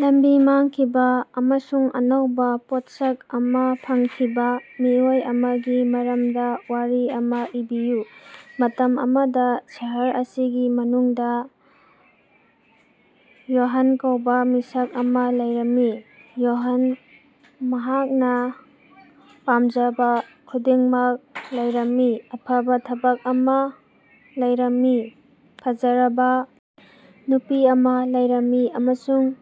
ꯂꯝꯕꯤ ꯃꯥꯡꯈꯤꯕ ꯑꯃꯁꯨꯡ ꯑꯅꯧꯕ ꯄꯣꯠꯁꯛ ꯑꯃ ꯐꯪꯈꯤꯕ ꯃꯤꯑꯣꯏ ꯑꯃꯒꯤ ꯃꯔꯝꯗ ꯋꯥꯔꯤ ꯑꯃ ꯏꯕꯤꯌꯨ꯫ ꯃꯇꯝ ꯑꯃꯗ ꯁꯍꯔ ꯑꯁꯤꯒꯤ ꯃꯅꯨꯡꯗ ꯌꯣꯍꯟ ꯀꯧꯕ ꯃꯤꯁꯛ ꯑꯃ ꯂꯩꯔꯝꯃꯤ꯫ ꯌꯣꯍꯟꯗ ꯃꯍꯥꯛꯅ ꯄꯥꯝꯖꯕ ꯈꯨꯗꯤꯡꯃꯛ ꯂꯩꯔꯝꯃꯤ, ꯑꯐꯕ ꯊꯕꯛ ꯑꯃ ꯂꯩꯔꯝꯃꯤ, ꯐꯖꯔꯕ ꯅꯨꯄꯤ ꯑꯃ ꯂꯩꯔꯝꯃꯤ ꯑꯃꯁꯨꯡ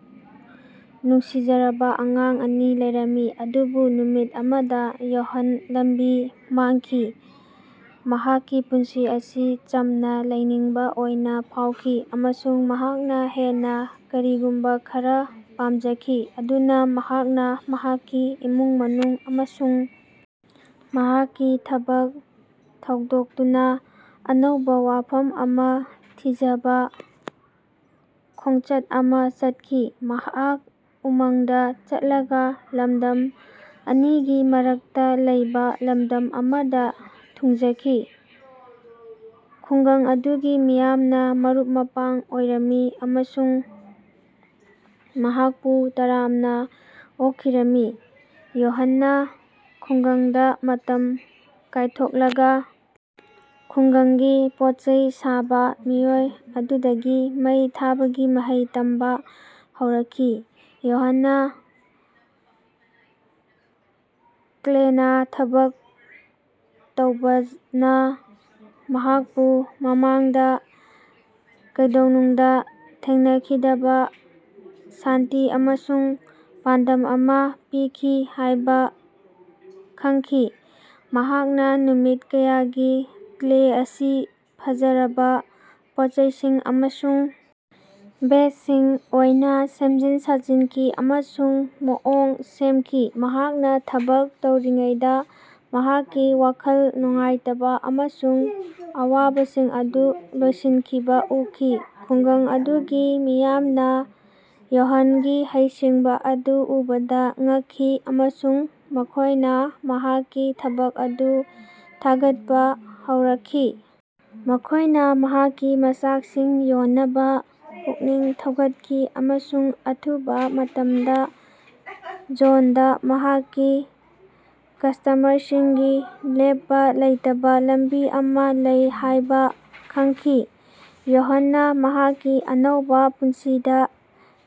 ꯅꯨꯡꯁꯤꯖꯔꯕ ꯑꯉꯥꯡ ꯑꯅꯤ ꯂꯩꯔꯝꯃꯤ꯫ ꯑꯗꯨꯕꯨ ꯅꯨꯃꯤꯠ ꯑꯃꯗ ꯌꯣꯍꯟꯅ ꯂꯝꯕꯤ ꯃꯥꯡꯈꯤ꯫ ꯃꯍꯥꯛꯀꯤ ꯄꯨꯟꯁꯤ ꯑꯁꯤ ꯆꯝꯅ ꯂꯩꯅꯤꯡꯕ ꯑꯣꯏꯅ ꯐꯥꯎꯈꯤ ꯑꯃꯁꯨꯡ ꯃꯍꯥꯛꯅ ꯍꯦꯟꯅ ꯀꯔꯤꯒꯨꯝꯕ ꯈꯔ ꯄꯥꯝꯖꯈꯤ꯫ ꯑꯗꯨꯅ ꯃꯍꯥꯛꯅ ꯃꯍꯥꯛꯀꯤ ꯏꯃꯨꯡ ꯃꯅꯨꯡ ꯑꯃꯁꯨꯡ ꯃꯍꯥꯛꯀꯤ ꯊꯕꯛ ꯊꯥꯗꯣꯛꯇꯨꯅ ꯑꯅꯧꯕ ꯋꯥꯐꯝ ꯑꯃ ꯊꯤꯅꯕ ꯈꯣꯡꯆꯠ ꯑꯃ ꯆꯠꯈꯤ꯫ ꯃꯍꯥꯛ ꯎꯃꯪꯗ ꯆꯠꯂꯒ ꯂꯃꯗꯝ ꯑꯅꯤꯒꯤ ꯃꯔꯛꯇ ꯂꯩꯕ ꯂꯝꯗꯝ ꯑꯃꯗ ꯊꯨꯡꯂꯈꯤ꯫ ꯈꯨꯡꯒꯪ ꯑꯗꯨꯒꯤ ꯃꯤꯌꯥꯝꯒ ꯃꯔꯨꯞ-ꯃꯄꯥꯡ ꯑꯣꯏꯔꯝꯃꯤ ꯑꯃꯁꯨꯡ ꯃꯍꯥꯛꯄꯨ ꯇꯔꯥꯝꯅ ꯑꯣꯛꯄꯤꯔꯝꯃꯤ꯫ ꯌꯣꯍꯟꯅ ꯈꯨꯡꯒꯪꯗ ꯃꯇꯝ ꯀꯥꯏꯊꯣꯛꯂꯒ ꯈꯨꯡꯒꯪꯒꯤ ꯄꯣꯠꯆꯩ ꯁꯥꯕ ꯃꯤꯑꯣꯏ ꯑꯗꯨꯗꯒꯤ ꯃꯩ ꯊꯥꯕꯒꯤ ꯃꯍꯩ ꯇꯝꯕ ꯍꯧꯔꯛꯈꯤ꯫ ꯌꯣꯍꯟꯅ ꯀ꯭ꯂꯦꯅ ꯊꯕꯛ ꯇꯧꯕꯅ ꯃꯍꯥꯛꯄꯨ ꯃꯃꯥꯡꯗ ꯀꯩꯗꯧꯅꯨꯡꯗ ꯊꯦꯡꯅꯈꯤꯗꯕ ꯁꯥꯟꯇꯤ ꯑꯃꯁꯨꯡ ꯄꯥꯟꯗꯝ ꯑꯃ ꯄꯤꯈꯤ ꯍꯥꯏꯕ ꯈꯪꯈꯤ꯫ ꯃꯍꯥꯛꯅ ꯅꯨꯃꯤꯠ ꯀꯌꯥꯅꯤ ꯀ꯭ꯂꯦ ꯑꯁꯤ ꯐꯖꯔꯕ ꯄꯣꯠꯆꯩꯁꯤꯡ ꯑꯃꯁꯨꯡ ꯚꯦꯖꯁꯤꯡ ꯑꯣꯏꯅ ꯁꯦꯝꯖꯤꯟ ꯁꯥꯖꯤꯟꯈꯤ ꯑꯃꯁꯨꯡ ꯃꯑꯣꯡ ꯁꯦꯝꯈꯤ꯫ ꯃꯍꯥꯛꯅ ꯊꯕꯛ ꯇꯧꯔꯤꯉꯩꯗ ꯃꯍꯥꯛꯀꯤ ꯋꯥꯈꯜ ꯅꯨꯡꯉꯥꯏꯇꯕ ꯑꯃꯁꯨꯡ ꯑꯋꯥꯕꯁꯤꯡ ꯑꯗꯨ ꯂꯣꯏꯁꯤꯟꯈꯤꯕ ꯎꯈꯤ꯫ ꯈꯨꯡꯒꯪ ꯑꯗꯨꯒꯤ ꯃꯤꯌꯥꯝꯅ ꯌꯣꯍꯟꯒꯤ ꯍꯩꯁꯤꯡꯕ ꯑꯗꯨ ꯎꯕꯗ ꯉꯛꯈꯤ ꯑꯃꯁꯨꯡ ꯃꯈꯣꯏꯅ ꯃꯍꯥꯛꯀꯤ ꯊꯕꯛ ꯑꯗꯨ ꯊꯥꯒꯠꯄ ꯍꯧꯔꯛꯈꯤ꯫ ꯃꯈꯣꯏꯅ ꯃꯍꯥꯛꯀꯤ ꯃꯆꯥꯛꯁꯤꯡ ꯌꯣꯟꯅꯕ ꯄꯨꯛꯅꯤꯡ ꯊꯧꯒꯠꯈꯤ ꯑꯃꯁꯨꯡ ꯑꯊꯨꯕ ꯃꯇꯝꯗ ꯖꯣꯟꯗ ꯃꯍꯥꯛꯀꯤ ꯀꯁ꯭ꯇꯃꯔꯁꯤꯡꯒꯤ ꯂꯦꯞꯄ ꯂꯩꯇꯕ ꯂꯝꯕꯤ ꯑꯃ ꯂꯩ ꯍꯥꯏꯕ ꯈꯪꯈꯤ꯫ꯌꯣꯍꯟꯅ ꯃꯍꯥꯛꯀꯤ ꯑꯅꯧꯕ ꯄꯨꯟꯁꯤꯗ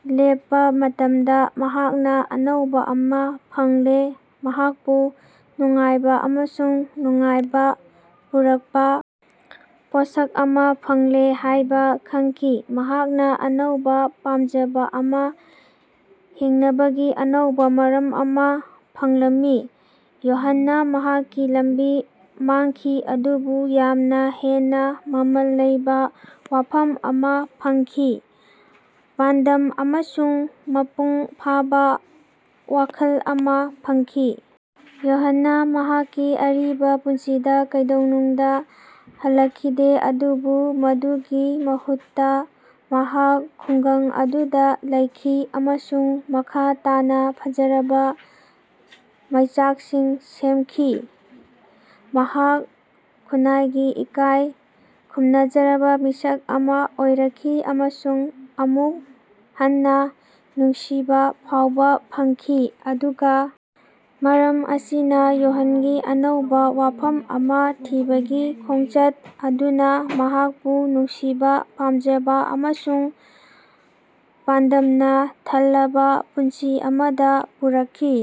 ꯂꯦꯞꯄ ꯃꯇꯝꯗ ꯃꯍꯥꯛꯅ ꯑꯅꯧꯕ ꯑꯃ ꯐꯪꯂꯦ, ꯃꯍꯥꯛꯄꯨ ꯅꯨꯡꯉꯥꯏꯕ ꯑꯃꯁꯨꯡ ꯅꯨꯡꯉꯥꯏꯕ ꯄꯨꯔꯛꯄ ꯄꯣꯠꯁꯛ ꯑꯃ ꯐꯪꯂꯦ ꯍꯥꯏꯕ ꯈꯪꯈꯤ꯫ ꯃꯍꯥꯛꯅ ꯑꯅꯧꯕ ꯄꯥꯝꯖꯕ ꯑꯃ, ꯍꯤꯡꯅꯕꯒꯤ ꯑꯅꯧꯕ ꯃꯔꯝ ꯑꯃ ꯐꯪꯂꯝꯃꯤ꯫ ꯌꯣꯍꯟꯅ ꯃꯍꯥꯛꯀꯤ ꯂꯝꯕꯤ ꯃꯥꯡꯈꯤ ꯑꯗꯨꯕꯨ ꯌꯥꯝꯅ ꯍꯦꯟꯅ ꯃꯃꯜ ꯂꯩꯕ ꯋꯥꯐꯝ ꯑꯃ ꯐꯪꯈꯤ, ꯄꯥꯟꯗꯝ ꯑꯃꯁꯨꯡ ꯃꯄꯨꯡ ꯐꯥꯕ ꯋꯥꯈꯜ ꯑꯃ ꯐꯪꯈꯤ꯫ ꯌꯣꯍꯟꯅ ꯃꯍꯥꯛꯀꯤ ꯑꯔꯤꯕ ꯄꯨꯟꯁꯤꯗ ꯀꯩꯗꯧꯅꯨꯡꯗ ꯍꯜꯂꯛꯈꯤꯗꯦ ꯑꯗꯨꯕꯨ ꯃꯗꯨꯒꯤ ꯃꯍꯨꯠꯇ ꯃꯍꯥꯛ ꯈꯨꯡꯒꯪ ꯑꯗꯨꯗ ꯂꯩꯈꯤ ꯑꯃꯁꯨꯡ ꯃꯈꯥ ꯇꯥꯅ ꯐꯖꯔꯕ ꯃꯩꯆꯥꯛꯁꯤꯡ ꯁꯦꯃꯈꯤ꯫ ꯃꯍꯥꯛ ꯈꯨꯟꯅꯥꯏꯒꯤ ꯏꯀꯥꯏ ꯈꯨꯝꯅꯖꯔꯕ ꯃꯤꯁꯛ ꯑꯃ ꯑꯣꯏꯔꯛꯈꯤ ꯑꯃꯁꯨꯡ ꯑꯃꯨꯛ ꯍꯟꯅ ꯅꯨꯡꯁꯤꯕ ꯐꯥꯎꯕ ꯐꯪꯈꯤ꯫ ꯑꯗꯨꯒ ꯃꯔꯝ ꯑꯁꯤꯅ, ꯌꯣꯍꯟꯒꯤ ꯑꯅꯧꯕ ꯋꯥꯐꯝ ꯑꯃ ꯊꯤꯕꯒꯤ ꯈꯣꯡꯆꯠ ꯑꯗꯨꯅ ꯃꯍꯥꯛꯄꯨ ꯅꯨꯡꯁꯤꯕ, ꯄꯥꯝꯖꯕ ꯑꯃꯁꯨꯡ ꯄꯥꯟꯗꯝꯅ ꯊꯜꯂꯕ ꯄꯨꯟꯁꯤ ꯑꯃꯗ ꯄꯨꯔꯛꯈꯤ꯫